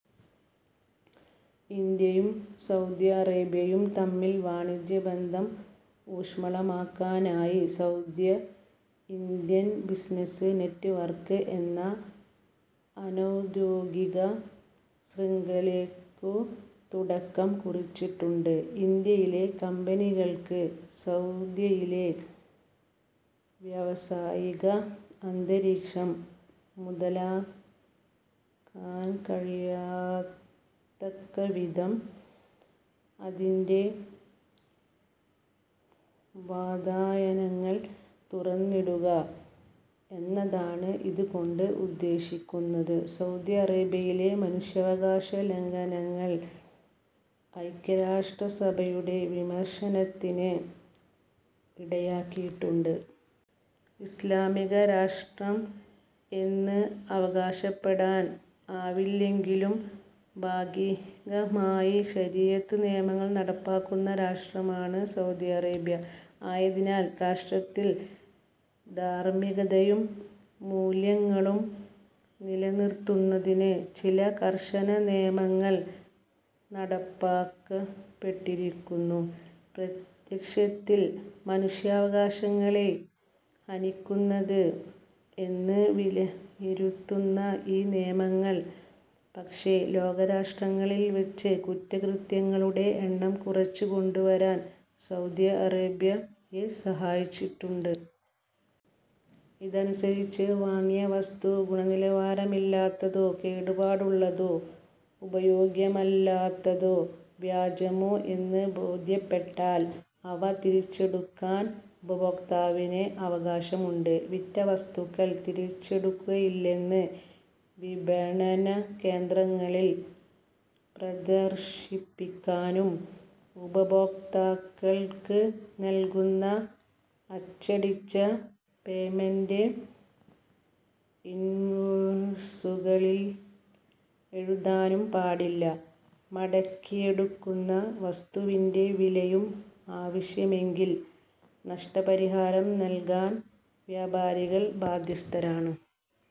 ഇന്ത്യയും-സൗദി അറേബ്യയും തമ്മിൽ വാണിജ്യബന്ധം ഊഷ്മളമാക്കാനായി സൗദി-ഇന്ത്യൻ ബിസിനസ് നെറ്റ് വർക്ക് എന്ന അനൗദ്യോഗിക ശൃംഖലക്കു തുടക്കം കുറിച്ചിട്ടുണ്ട്. ഇന്ത്യയിലെ കമ്പനികൾക്ക് സൗദിയിലെ വ്യാവസായിക അന്തരീക്ഷം മുതലാക്കാന കഴിയത്തക്കവിധം അതിന്റെ വാതായനങ്ങൾ തുറന്നിടുക എന്നതാണ് ഇതുകൊണ്ട് ഉദ്ദേശിക്കുന്നത് സൗദി അറേബ്യയിലെ മനുഷ്യാവകാശ ലംഘനങ്ങൾ ഐക്യരാഷ്ട്രസഭയുടെ വിമർശനത്തിന് ഇടയാക്കിയിട്ടുണ്ട്. ഇസ്ലാമിക രാഷ്ട്രം എന്ന് അവകാശപ്പെടാൻ ആവില്ലെങ്കിലും ഭാഗികമായി ശരീഅത്ത് നിയമങ്ങൾ നടപ്പാക്കുന്ന രാഷ്ട്രമാണ് സൗദി അറേബ്യ. ആയതിനാൽ രാഷ്ട്രത്തിൽ ധാർമികതയും മൂല്യങ്ങളും നിലനിർത്തുന്നതിന് ചില കർശന നിയമങ്ങൾ നടപ്പാക്കപ്പെട്ടിരിക്കുന്നു. പ്രത്യക്ഷത്തിൽ മനുഷ്യാവകാശങ്ങളെ ഹനിക്കുന്നത് എന്ന് വിലയിരുത്തുന്ന ഈ നിയമങ്ങൾ പക്ഷേ ലോക രാഷ്ട്രങ്ങളിൽ വെച്ച് കുറ്റകൃത്യങ്ങളുടെ എണ്ണം കുറച്ചു കൊണ്ടുവരാൻ സൗദി അറേബ്യയെ സഹായിച്ചിട്ടുണ്ട്. ഇതനുസരിച്ച് വാങ്ങിയ വസ്തു ഗുണനിലവാരമില്ലാത്തതോ കേടുപാടുള്ളതോ ഉപയോഗ്യമല്ലാത്തതോ വ്യാജമോ എന്ന് ബോധ്യപ്പെട്ടാൽ അവ തിരിച്ചുകൊടുക്കാൻ ഉപഭോക്താവിന് അവകാശമുണ്ട്. വിറ്റ വസ്തുക്കൾ തിരിച്ചെടുക്കുകയില്ലെന്ന് വിപണന കേന്ദ്രങ്ങളിൽ പ്രദർശിപ്പിക്കാനും ഉപഭോക്താക്കൾക്ക് നൽകുന്ന അച്ചടിച്ച പേമെൻറ് ഇൻവോയ്സുകളിൽ എഴുതാനും പാടില്ല. മടക്കിയെടുക്കുന്ന വസ്തുവിന്റെ വിലയും ആവശ്യമെങ്കിൽ നഷ്ടപരിഹാരവും നൽകാൻ വ്യാപാരികൾ ബാധ്യസ്ഥരാണ്.